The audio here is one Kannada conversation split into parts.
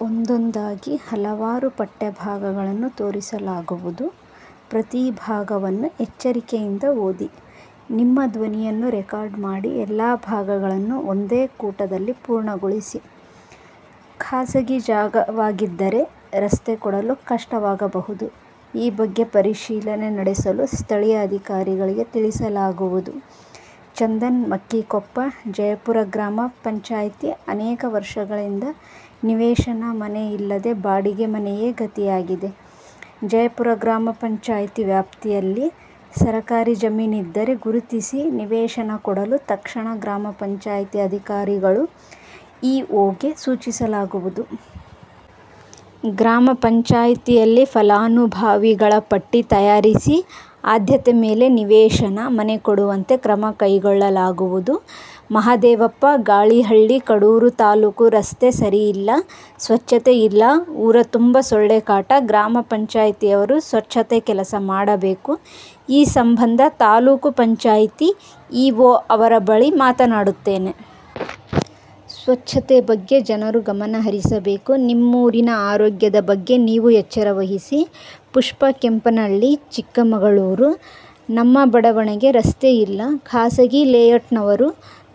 ಖಾಸಗಿ ಜಾಗವಾಗಿದ್ದರೆ ರಸ್ತೆ ಕೊಡಲು ಕಷ್ಟವಾಗಬಹುದು. ಈ ಬಗ್ಗೆ ಪರಿಶೀಲನೆ ನಡೆಸಲು ಸ್ಥಳೀಯ ಅಧಿಕಾರಿಗಳಿಗೆ ತಿಳಿಸಲಾಗುವುದು. ಚಂದನ್, ಮಕ್ಕಿಕೊಪ್ಪ, ಜಯಪುರ ಗ್ರಾಮ ಪಂಚಾಯ್ತಿ ಅನೇಕ ವರ್ಷಗಳಿಂದ ನಿವೇಶನ, ಮನೆ ಇಲ್ಲದೆ ಬಾಡಿಗೆ ಮನೆಯೇ ಗತಿಯಾಗಿದೆ. ಜಯಪುರ ಗ್ರಾಮ ಪಂಚಾಯ್ತಿ ವ್ಯಾಪ್ತಿಯಲ್ಲಿ ಸರಕಾರಿ ಜಮೀನಿದ್ದರೆ ಗುರುತಿಸಿ ನಿವೇಶನ ಕೊಡಲು ತಕ್ಷಣ ಗ್ರಾಮ ಪಂಚಾಯ್ತಿ ಅಧಿಕಾರಿಗಳು, ಇಒಗೆ ಸೂಚಿಸಲಾಗುವುದು. ಗ್ರಾಮ ಪಂಚಾಯ್ತಿಯಲ್ಲಿ ಫಲಾನುಭವಿಗಳ ಪಟ್ಟಿ ತಯಾರಿಸಿ ಆದ್ಯತೆ ಮೇಲೆ ನಿವೇಶನ, ಮನೆ ಕೊಡುವಂತೆ ಕ್ರಮ ಕೈಗೊಳ್ಳಲಾಗುವುದು. ಮಹಾದೇವಪ್ಪ, ಗಾಳಿಹಳ್ಳಿ, ಕಡೂರು ತಾಲ್ಲೂಕು ರಸ್ತೆ ಸರಿಯಿಲ್ಲ, ಸ್ವಚ್ಛತೆ ಇಲ್ಲ, ಊರ ತುಂಬಾ ಸೊಳ್ಳೆಕಾಟ. ಗ್ರಾಮ ಪಂಚಾಯ್ತಿಯವರು ಸ್ವಚ್ಛತೆ ಕೆಲಸ ಮಾಡಬೇಕು. ಈ ಸಂಬಂಧ ತಾಲ್ಲೂಕು ಪಂಚಾಯ್ತಿ ಇಒ ಅವರ ಬಳಿ ಮಾತನಾಡುತ್ತೇನೆ. ಸ್ವಚ್ಛತೆ ಬಗ್ಗೆ ಜನರೂ ಗಮನ ಹರಿಸಬೇಕು. ನಿಮ್ಮೂರಿನ ಆರೋಗ್ಯದ ಬಗ್ಗೆ ನೀವೂ ಎಚ್ಚರವಹಿಸಿ. ಪುಷ್ಪಾ, ಕೆಂಪನಹಳ್ಳಿ, ಚಿಕ್ಕಮಗಳೂರು ನಮ್ಮ ಬಡಾವಣೆಗೆ ರಸ್ತೆ ಇಲ್ಲ, ಖಾಸಗಿ ಲೇಔಟ್ನವರು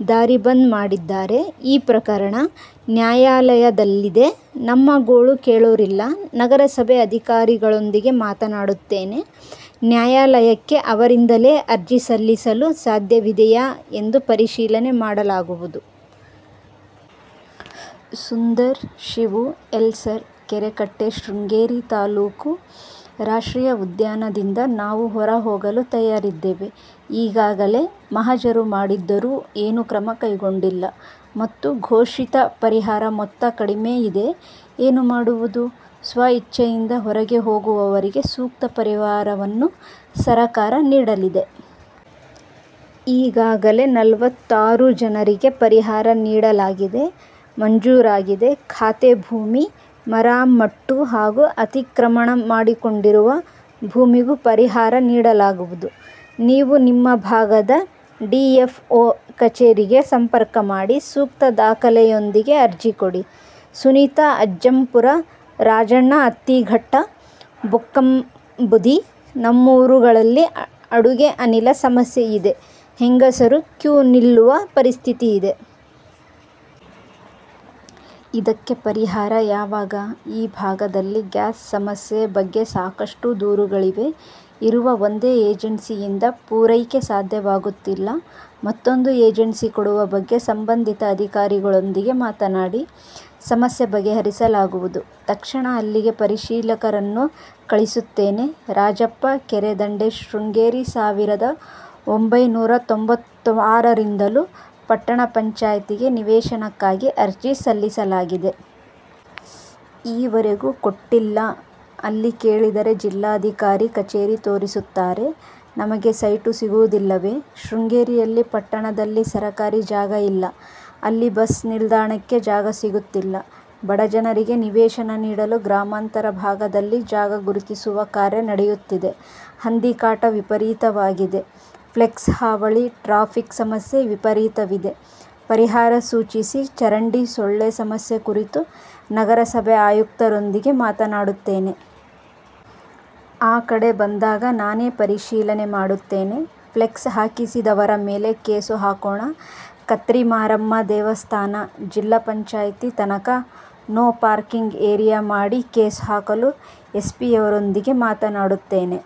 ದಾರಿ ಬಂದ್ ಮಾಡಿದ್ದಾರೆ. ಈ ಪ್ರಕರಣ ನ್ಯಾಯಾಲಯದಲ್ಲಿದೆ ನಮ್ಮ ಗೋಳು ಕೇಳೋರಿಲ್ಲ. ನಗರಸಭೆ ಅಧಿಕಾರಿಗಳೊಂದಿಗೆ ಮಾತನಾಡುತ್ತೇನೆ. ನ್ಯಾಯಾಲಯಕ್ಕೆ ಅವರಿಂದಲೇ ಅರ್ಜಿ ಸಲ್ಲಿಸಲು ಸಾಧ್ಯವಿದೆಯಾ ಎಂದು ಪರಿಶೀಲನೆ ಮಾಡಲಾಗುವುದು. ಸುಂದರ, ಶಿವು, ಎಲ್ಸಾರ್, ಕೆರೆಕಟ್ಟೆ, ಶೃಂಗೇರಿ ತಾಲ್ಲೂಕು. ರಾಷ್ಟ್ರೀಯ ಉದ್ಯಾನದಿಂದ ನಾವು ಹೊರ ಹೋಗಲು ತಯಾರಿದ್ದೇವೆ. ಈಗಾಗಲೇ ಮಹಜರು ಮಾಡಿದ್ದರೂ ಏನೂ ಕ್ರಮ ಕೈಗೊಂಡಿಲ್ಲ ಮತ್ತು ಘೋಷಿತ ಪರಿಹಾರ ಮೊತ್ತ ಕಡಿಮೆ ಇದೆ ಏನು ಮಾಡುವುದು? ಸ್ವ ಇಚ್ಛೆಯಿಂದ ಹೊರಗೆ ಹೋಗುವವರಿಗೆ ಸೂಕ್ತ ಪರಿಹಾರವನ್ನು ಸರಕಾರ ನೀಡಲಿದೆ. ಈಗಾಗಲೇ ನಲವತ್ನಾಲ್ಕು ಜನರಿಗೆ ಪರಿಹಾರ ನೀಡಲಾಗಿದೆ. ಮಂಜೂರಾಗಿದೆ. ಖಾತೆ ಭೂಮಿ, ಮರ ಮಟ್ಟು ಹಾಗೂ ಅತಿಕ್ರಮಣ ಮಾಡಿಕೊಂಡಿರುವ ಭೂಮಿಗೂ ಪರಿಹಾರ ನೀಡಲಾಗುವುದು. ನೀವು ನಿಮ್ಮ ಭಾಗದ ಡಿಎಫ್ಒ ಕಚೇರಿಗೆ ಸಂಪರ್ಕ ಮಾಡಿ ಸೂಕ್ತ ದಾಖಲೆಯೊಂದಿಗೆ ಅರ್ಜಿ ಕೊಡಿ. ಸುನೀತಾ, ಅಜ್ಜಂಪುರ. ರಾಜಣ್ಣ, ಅತ್ತಿಘಟ್ಟ, ಬುಕ್ಕಾಂಬುಧಿ ನಮ್ಮೂರುಗಳಲ್ಲಿ ಅಡುಗೆ ಅನಿಲ ಸಮಸ್ಯೆಯಿದೆ, ಹೆಂಗಸರು ಕ್ಯೂ ನಿಲ್ಲುವ ಪರಿಸ್ಥಿತಿ ಇದೆ. ಇದಕ್ಕೆ ಪರಿಹಾರ ಯಾವಾಗ, ಈ ಭಾಗದಲ್ಲಿ ಗ್ಯಾಸ್ ಸಮಸ್ಯೆ ಬಗ್ಗೆ ಸಾಕಷ್ಟು ದೂರುಗಳಿವೆ. ಇರುವ ಒಂದೇ ಏಜೆನ್ಸಿಯಿಂದ ಪೂರೈಕೆ ಸಾಧ್ಯವಾಗುತ್ತಿಲ್ಲ. ಮತ್ತೊಂದು ಏಜೆನ್ಸಿ ಕೊಡುವ ಬಗ್ಗೆ ಸಂಬಂಧಿತ ಅಧಿಕಾರಿಗಳೊಂದಿಗೆ ಮಾತನಾಡಿ ಸಮಸ್ಯೆ ಬಗೆಹರಿಸಲಾಗುವುದು. ತಕ್ಷಣ ಅಲ್ಲಿಗೆ ಪರಿಶೀಲಕರನ್ನು ಕಳಿಸುತ್ತೇನೆ. ರಾಜಪ್ಪ, ಕೆರೆ ದಂಡೆ, ಶೃಂಗೇರಿ ಸಾವಿರದ ಒಂಭೈನೂರ ತೊಂಬತ್ತಾರರಿಂದಲೂ ಪಟ್ಟಣ ಪಂಚಾಯಿತಿಗೆ ನಿವೇಶನಕ್ಕಾಗಿ ಅರ್ಜಿ ಸಲ್ಲಿಸಲಾಗಿದೆ. ಈವರೆಗೂ ಕೊಟ್ಟಿಲ್ಲ. ಅಲ್ಲಿ ಕೇಳಿದರೆ ಜಿಲ್ಲಾಧಿಕಾರಿ ಕಚೇರಿ ತೋರಿಸುತ್ತಾರೆ, ನಮಗೆ ಸೈಟು ಸಿಗುವುದಿಲ್ಲವೆ? ಶೃಂಗೇರಿಯಲ್ಲಿ ಪಟ್ಟಣದಲ್ಲಿ ಸರಕಾರಿ ಜಾಗ ಇಲ್ಲ. ಅಲ್ಲಿ ಬಸ್ ನಿಲ್ದಾಣಕ್ಕೇ ಜಾಗ ಸಿಗುತ್ತಿಲ್ಲ. ಬಡಜನರಿಗೆ ನಿವೇಶನ ನೀಡಲು ಗ್ರಾಮಾಂತರ ಭಾಗದಲ್ಲಿ ಜಾಗ ಗುರುತಿಸುವ ಕಾರ್ಯ ನಡೆಯುತ್ತಿದೆ. ಹಂದಿ ಕಾಟ ವಿಪರೀತವಾಗಿದೆ. ಫ್ಲೆಕ್ಸ್ ಹಾವಳಿ, ಟ್ರಾಫಿಕ್ ಸಮಸ್ಯೆ ವಿಪರೀತವಿದೆ, ಪರಿಹಾರ ಸೂಚಿಸಿ ಚರಂಡಿ, ಸೊಳ್ಳೆ ಸಮಸ್ಯೆ ಕುರಿತು ನಗರಸಭೆ ಆಯುಕ್ತರೊಂದಿಗೆ ಮಾತನಾಡುತ್ತೇನೆ. ಆ ಕಡೆ ಬಂದಾಗ ನಾನೇ ಪರಿಶೀಲನೆ ಮಾಡುತ್ತೇನೆ. ಫ್ಲೆಕ್ಸ್ ಹಾಕಿದವರ ಮೇಲೆ ಕೇಸು ಹಾಕೋಣ. ಕತ್ರಿ ಮಾರಮ್ಮ ದೇವಸ್ಥಾನ, ಜಿಲ್ಲಾ ಪಂಚಾಯಿತಿ ತನಕ ನೋ ಪಾರ್ಕಿಂಗ್ ಏರಿಯಾ ಮಾಡಿ ಕೇಸು ಹಾಕಲು ಎಸ್ಪಿಯವರೊಂದಿಗೆ ಮಾತನಾಡುತ್ತೇನೆ.